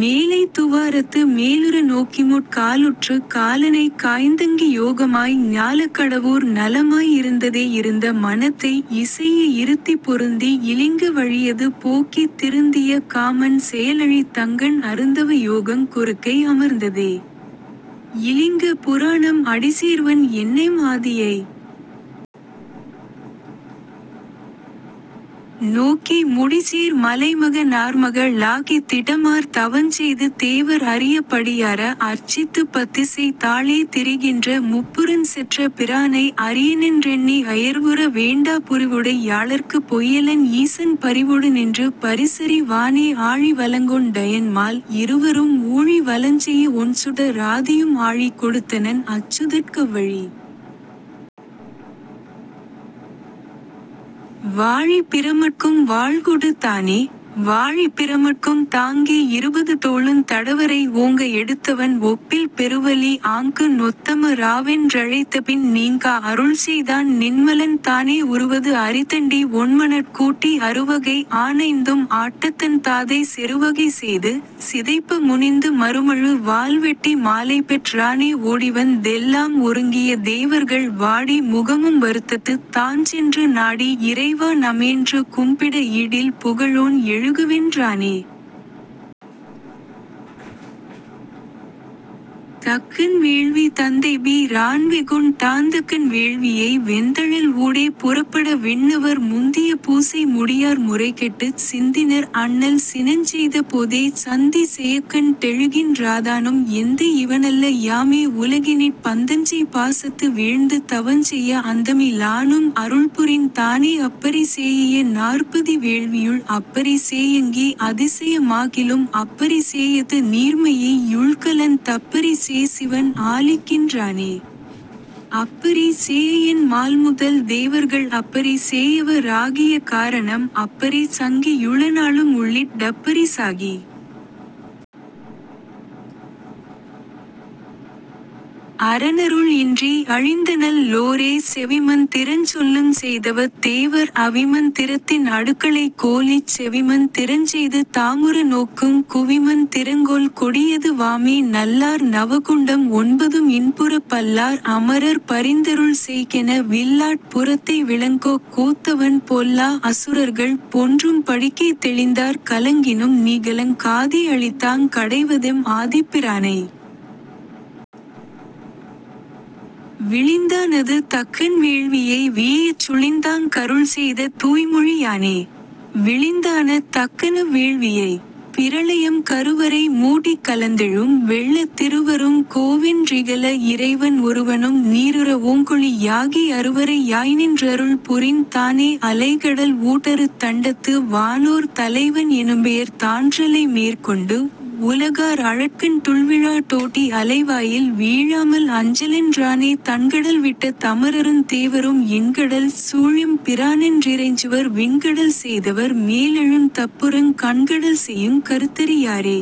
மேலைத் துவாரத்து மேலுற நோக்கிமுற் காலுற்றுக் காலனைக் காய்ந்தங்கி யோகமாய் ஞாலக் கடவூர் நலமாய் இருந்ததே இருந்த மனத்தை இசைய இருத்திப் பொருந்தி இலிங்க வழியது போக்கித் திருந்திய காமன் செயலழித் தங்கண் அருந்தவ யோகங் கொறுக்கை அமர்ந்ததே.. இலிங்க புராணம் அடிசேர்வன் என்னஎம் ஆதியை நோக்கி முடிசேர் மலைமக னார்மக ளாகித் திடமார் தவஞ்செய்து தேவர் அறியப் படியார அர்ச்சித்துப் பத்திசெய் தாளே திரிகின்ற முப்புரஞ் செற்ற பிரானை அரியனென் றெண்ணி அயர்வுற வேண்டா புரிவுடை யாளர்க்குப் பொய்யலன் ஈசன் பரிவொடு நின்று பரிசறி வானே ஆழி வலங்கொண் டயன்மால் இருவரும் ஊழி வலஞ்செய்ய ஒண்சுட ராதியும் ஆழி கொடுத்தனன் அச்சுதற்க் கவ்வழி.. வாழி பிரமற்கும் வாள்கொடுத் தானே.. வாழிப் பிரமற்கும் தாங்கி இருபது தோளுந் தடவரை ஓங்க எடுத்தவன் ஒப்பில் பெருவலி ஆங்கு நொத்தம ராவென் றழைத்தபின் நீங்கா அருள்செய்தான் நின்மலன் தானே உறுவது அறிதண்டி ஒண்மணற் கூட்டி அறுவகை ஆன்ஐந்தும் ஆட்டத்தன் தாதை செறுவகை செய்து சிதைப்ப முனிந்து மறுமழு வால்வெட்டி மாலைபெற் றானே ஓடிவந் தெல்லாம் ஒருங்கிய தேவர்கள் வாடி முகமும் வருத்தத்துத் தாஞ்சென்று நாடி இறைவா நமேன்று கும்பிட ஈடில் புகழோன் எழுகவென் றானே... தக்கன் வேள்வி தந்தைபி ரான்வெகுண் டாந்தக்கன் வேள்வியை வெந்தழல் ஊடே புறப்பட விண்ணவர் முந்திய பூசை முடியார் முறைகெட்டுச் சிந்தினர் அண்ணல் சினஞ்செய்த போதே சந்தி செயக்கண் டெழுகின் றாதானும் எந்தை யிவனல்ல யாமே உலகினிற் பந்தஞ்செய் பாசத்து வீழ்ந்து தவஞ்செய்ய அந்தமி லானும் அருள்புரிந் தானே அப்பரி சேயய நார்ப்பதி வேள்வியுள் அப்பரி சேயங்கி அதிசய மாகிலும் அப்பரி சேயது நீர்மையை யுள்கலந் தப்பரி சேசிவன் ஆலிக்கின் றானே அப்பரி சேஅயன் மால்முதல் தேவர்கள் அப்பரி சேயவ ராகிய காரணம் அப்பரி சங்கி யுளநாளும் உள்ளிட் டப்பரி சாகி.. அரனருள் இன்றி அழிந்தநல் லோரே செவிமந் திரஞ்சொல்லுஞ் செய்தவத் தேவர் அவிமந் திரத்தின் அடுக்களை கோலிச் செவிமந் திரஞ்செய்து தாமுற நோக்குங் குவிமந் திரங்கொல் கொடியது வாமே நல்லார் நவகுண்டம் ஒன்பதும் இன்புறப் பல்லார் அமரர் பரிந்தருள் செய்கென வில்லாற் புரத்தை விளங்கொ கோத்தவன் பொல்லா அசுரர்கள் பொன்றும் படிக்கே தெளிந்தார் கலங்கினும் நீகலங் காதே அளித்தாங் கடைவதெம் ஆதிப் பிரானை.. விளிந்தா னது தக்கன் வேள்வியை வீயச் சுளிந்தாங் கருள்செய்த தூய்மொழி யானே.. விளிந்தானத் தக்கனவ் வேள்வியை... பிரளயம் கருவரை மூடிக் கலந்தெழும் வெள்ளத் திருவருங் கோவென் றிகல இறைவன் ஒருவனும் நீருற ஓங்கொளி யாகி அருவரை யாய்நின் றருள் புரிந் தானே அலைகடல் ஊடறுத் தண்டத்து வானோர் தலைவன் எனும்பெயர் தான்றலை மேற்கொண்டு உலகார் அழற்கண் டுள்விழா தோடி அலைவாயில் வீழாமல் அஞ்சலென் றானே தண்கடல் விட்ட தமரருந் தேவரும் எண்கடல் சூழெம் பிரானென் றிறைஞ்சுவர் விண்கடல் செய்தவர் மேலெழுந் தப்புறங் கண்கடல் செய்யுங் கருத்தறி யாரே.